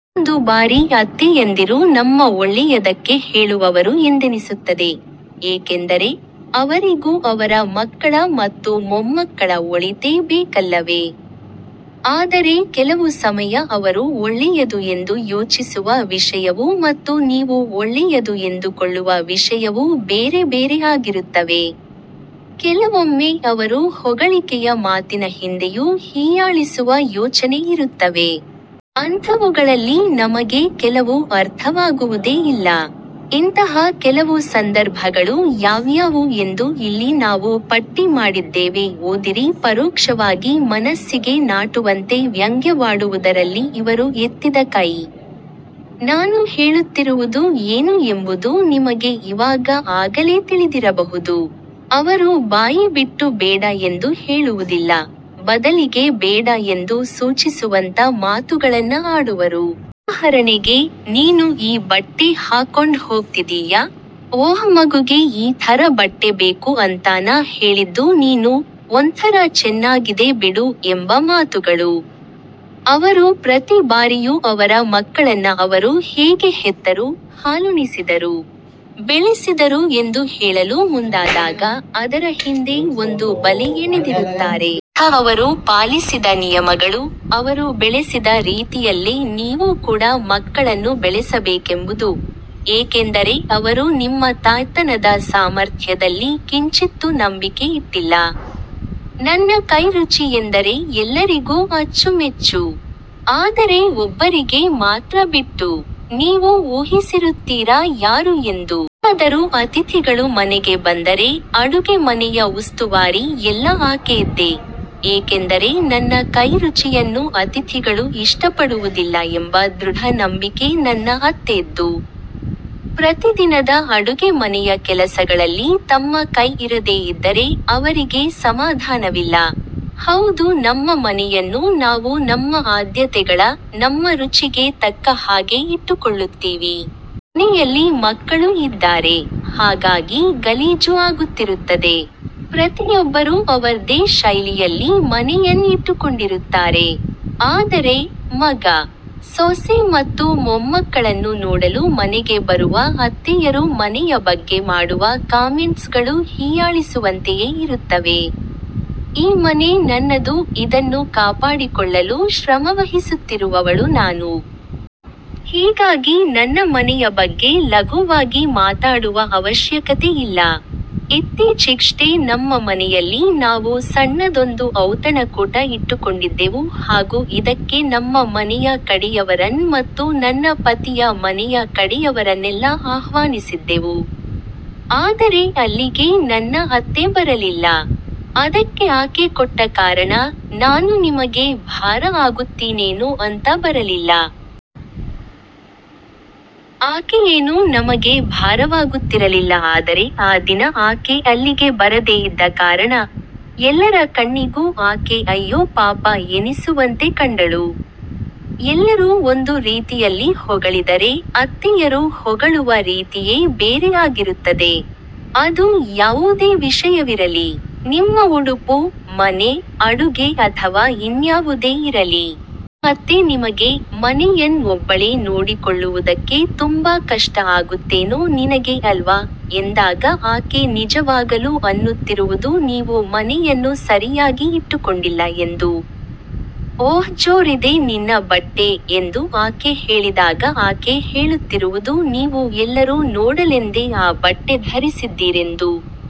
ಕೆಲವೊಂದು ಬಾರಿ ಅತ್ತೆಯಂದಿರು ನಮ್ಮ ಒಳ್ಳೆಯದಕ್ಕೆ ಹೇಳುವವರು ಎಂದೆನಿಸುತ್ತದೆ. ಏಕೆಂದರೆ, ಅವರಿಗೂ ಅವರ ಮಕ್ಕಳ ಮತ್ತು ಮೊಮ್ಮಕ್ಕಳ ಒಳಿತೇ ಬೇಕಲ್ಲವೇ. ಆದರೆ ಕೆಲವು ಸಮಯ ಅವರು ಒಳ್ಳೆಯದು ಎಂದು ಯೋಚಿಸುವ ವಿಷಯವು ಮತ್ತು ನೀವು ಒಳ್ಳೆಯದು ಎಂದುಕೊಳ್ಳುವ ವಿಷಯವು ಬೇರೆ ಬೇರೆ ಆಗಿರುತ್ತವೆ. ಕೆಲವೊಮ್ಮೆ ಅವರು ಹೊಗಳಿಕೆಯ ಮಾತಿನ ಹಿಂದೆಯೂ ಹೀಯಾಳಿಸುವ ಯೋಚನೆ ಇರುತ್ತವೆ. ಅಂಥವುಗಳಲ್ಲಿ ನಮಗೆ ಕೆಲವು ಅರ್ಥವಾಗುವುದೇ ಇಲ್ಲ. ಇಂತಹ ಕೆಲವು ಸಂದರ್ಭಗಳು ಯಾವ್ಯಾವು ಎಂದು ಇಲ್ಲಿ ನಾವು ಪಟ್ಟಿ ಮಾಡಿದ್ದೇವೆ ಓದಿರಿ ಪರೋಕ್ಷವಾಗಿ ಮನಸ್ಸಿಗೆ ನಾಟುವಂತೆ ವ್ಯಂಗ್ಯವಾಡುವುದರಲ್ಲಿ ಇವರು ಎತ್ತಿದ ಕೈ. ನಾನು ಹೇಳುತ್ತಿರುವುದು ಏನು ಎಂಬುದು ನಿಮಗೆ ಇವಾಗ ಆಗಲೇ ತಿಳಿದಿರಬಹುದು. ಅವರು ಬಾಯಿ ಬಿಟ್ಟು ಬೇಡ ಎಂದು ಹೇಳುವುದಿಲ್ಲ, ಬದಲಿಗೆ ಬೇಡ ಎಂದು ಸೂಚಿಸುವಂತ ಮಾತುಗಳನ್ನ ಆಡುವರು. ಉದಾಹರಣೆಗೆ "ನೀನು ಈ ಬಟ್ಟೆ ಹಾಕೊಂಡ್ ಹೋಗ್ತಿದೀಯಾ? "ಒಹ್ ಮಗುಗೆ ಈ ಥರ ಬಟ್ಟೆ ಬೇಕು ಅಂತಾನಾ ಹೇಳಿದ್ದು ನೀನು? " "ಒಂಥರಾ ಚೆನ್ನಾಗಿದೆ ಬಿಡು" ಎಂಬ ಮಾತುಗಳು. ಅವರು ಪ್ರತಿ ಬಾರಿಯೂ ಅವರ ಮಕ್ಕಳನ್ನ ಅವರು ಹೇಗೆ ಹೆತ್ತರು, ಹಾಲುಣಿಸಿದರು, ಬೆಳೆಸಿದರು ಎಂದು ಹೇಳಲು ಮುಂದಾದಾಗ, ಅದರ ಹಿಂದೆ ಒಂದು ಬಲೆ ಎಣೆದಿರುತ್ತಾರೆ. ಅದರ ಅರ್ಥ ಅವರು ಪಾಲಿಸಿದ ನಿಯಮಗಳು, ಅವರು ಬೆಳೆಸಿದ ರೀತಿಯಲ್ಲೇ ನೀವೂ ಕೂಡ ಮಕ್ಕಳನ್ನು ಬೆಳೆಸಬೇಕೆಂಬುದು. ಏಕೆಂದರೆ ಅವರು ನಿಮ್ಮ ತಾಯ್ತನದ ಸಾಮರ್ಥ್ಯದಲ್ಲಿ ಕಿಂಚಿತ್ತು ನಂಬಿಕೆ ಇಟ್ಟಿಲ್ಲ. ನನ್ನ ಕೈ ರುಚಿ ಎಂದರೆ ಎಲ್ಲರಿಗೂ ಅಚ್ಚು ಮೆಚ್ಚು. ಆದರೆ ಒಬ್ಬರಿಗೆ ಮಾತ್ರ ಬಿಟ್ಟು. ನೀವು ಊಹಿಸಿರುತ್ತೀರಾ ಯಾರು ಎಂದು. ಯಾರಾದರೂ ಅತಿಥಿಗಳು ಮನೆಗೆ ಬಂದರೆ, ಅಡುಗೆ ಮನೆಯ ಉಸ್ತುವಾರಿ ಎಲ್ಲಾ ಆಕೆಯದ್ದೇ. ಏಕೆಂದರೆ ನನ್ನ ಕೈ ರುಚಿಯನ್ನು ಅತಿಥಿಗಳು ಇಷ್ಟಪಡುವುದಿಲ್ಲ ಎಂಬ ದೃಢ ನಂಬಿಕೆ ನನ್ನ ಅತ್ತೆಯದ್ದು. ಪ್ರತಿದಿನದ ಅಡುಗೆ ಮನೆಯ ಕೆಲಸಗಳಲ್ಲಿ ತಮ್ಮ ಕೈ ಇರದೇ ಇದ್ದರೆ, ಅವರಿಗೆ ಸಮಾಧಾನವಿಲ್ಲ. ಹೌದು ನಮ್ಮ ಮನೆಯನ್ನು ನಾವು ನಮ್ಮ ಆದ್ಯತೆಗಳ, ನಮ್ಮ ರುಚಿಗೆ ತಕ್ಕ ಹಾಗೆ ಇಟ್ಟುಕೊಳ್ಳುತ್ತೀವಿ. ಈ ಮನೆಯಲ್ಲಿ ಮಕ್ಕಳು ಇದ್ದಾರೆ, ಹಾಗಾಗಿ ಗಲೀಜು ಆಗುತ್ತಿರುತ್ತದೆ. ಪ್ರತಿಯೊಬ್ಬರೂ ಅವರದ್ದೇ ಶೈಲಿಯಲ್ಲಿ ಮನೆಯನ್ನ ಇಟ್ಟುಕೊಂಡಿರುತ್ತಾರೆ. ಆದರೆ, ಮಗ, ಸೊಸೆ ಮತ್ತು ಮೊಮ್ಮಕ್ಕಳನ್ನು ನೋಡಲು ಮನೆಗೆ ಬರುವ ಅತ್ತೆಯರು ಮನೆಯ ಬಗ್ಗೆ ಮಾಡುವ ಕಾಮೆಂಟ್ಸ್ ಗಳು ಹೀಯಾಳಿಸುವಂತೆಯೇ ಇರುತ್ತವೆ. ಈ ಮನೆ ನನ್ನದು, ಇದನ್ನು ಕಾಪಾಡಿಕೊಳ್ಳಲು ಶ್ರಮವಹಿಸುತ್ತಿರುವವಳು ನಾನು. ಹೀಗಾಗಿ ನನ್ನ ಮನೆಯ ಬಗ್ಗೆ ಲಘುವಾಗಿ ಮಾತಾಡುವ ಅವಶ್ಯಕತೆ ಇಲ್ಲ. ಇತ್ತೀಚಿಗಷ್ಟೇ ನಮ್ಮ ಮನೆಯಲ್ಲಿ ನಾವು ಸಣ್ಣದೊಂದು ಔತಣಕೂಟ ಇಟ್ಟುಕೊಂಡಿದ್ದೆವು ಹಾಗು ಇದಕ್ಕೆ ನಮ್ಮ ಮನೆಯ ಕಡೆಯವರನ್ನ ಮತ್ತು ನನ್ನ ಪತಿಯ ಮನೆಯ ಕಡೆಯವರನ್ನೆಲ್ಲಾ ಆಹ್ವಾನಿಸಿದ್ದೆವು. ಆದರೆ ಅಲ್ಲಿಗೆ ನನ್ನ ಅತ್ತೆ ಬರಲಿಲ್ಲ. ಅದಕ್ಕೆ ಆಕೆ ಕೊಟ್ಟ ಕಾರಣ "ನಾನು ನಿಮಗೆ ಭಾರ ಆಗುತ್ತೀನೇನೋ ಅಂತ ಬರಲಿಲ್ಲ". ಆಕೆಯೇನೂ ನಮಗೆ ಭಾರವಾಗುತ್ತಿರಲಿಲ್ಲ ಆದರೆ ಆ ದಿನ ಆಕೆ ಅಲ್ಲಿಗೆ ಬರದೇ ಇದ್ದ ಕಾರಣ, ಎಲ್ಲರ ಕಣ್ಣಿಗೂ ಆಕೆ ಅಯ್ಯೋ ಪಾಪ ಎನಿಸುವಂತೆ ಕಂಡಳು. ಎಲ್ಲರೂ ಒಂದು ರೀತಿಯಲ್ಲಿ ಹೊಗಳಿದರೆ, ಅತ್ತೆಯರು ಹೊಗಳುವ ರೀತಿಯೇ ಬೇರೆ ಆಗಿರುತ್ತದೆ. ಅದು ಯಾವುದೇ ವಿಷಯವಿರಲಿ. ನಿಮ್ಮ ಉಡುಪು, ಮನೆ, ಅಡುಗೆ ಅಥವಾ ಇನ್ನ್ಯಾವುದೇ ಇರಲಿ. ನಿಮ್ಮ ಅತ್ತೆ ನಿಮಗೆ "ಮನೆಯನ್ನ ಒಬ್ಬಳೇ ನೋಡಿಕೊಳ್ಳುವುದಕ್ಕೆ ತುಂಬಾ ಕಷ್ಟ ಆಗುತ್ತೇನೋ ನಿನಗೆ ಅಲ್ವಾ" ಎಂದಾಗ ಆಕೆ ನಿಜವಾಗಲೂ ಅನ್ನುತ್ತಿರುವುದು ನೀವು ಮನೆಯನ್ನು ಸರಿಯಾಗಿ ಇಟ್ಟುಕೊಂಡಿಲ್ಲ ಎಂದು. "ಒಹ್ ಜೋರ್ ಇದೆ ನಿನ್ನ ಬಟ್ಟೆ" ಎಂದು ಆಕೆ ಹೇಳಿದಾಗ ಆಕೆ ಹೇಳುತ್ತಿರುವುದು ನೀವು ಎಲ್ಲರೂ ನೋಡಲೆಂದೇ ಆ ಬಟ್ಟೆ ಧರಿಸಿದ್ದೀರೆಂದು.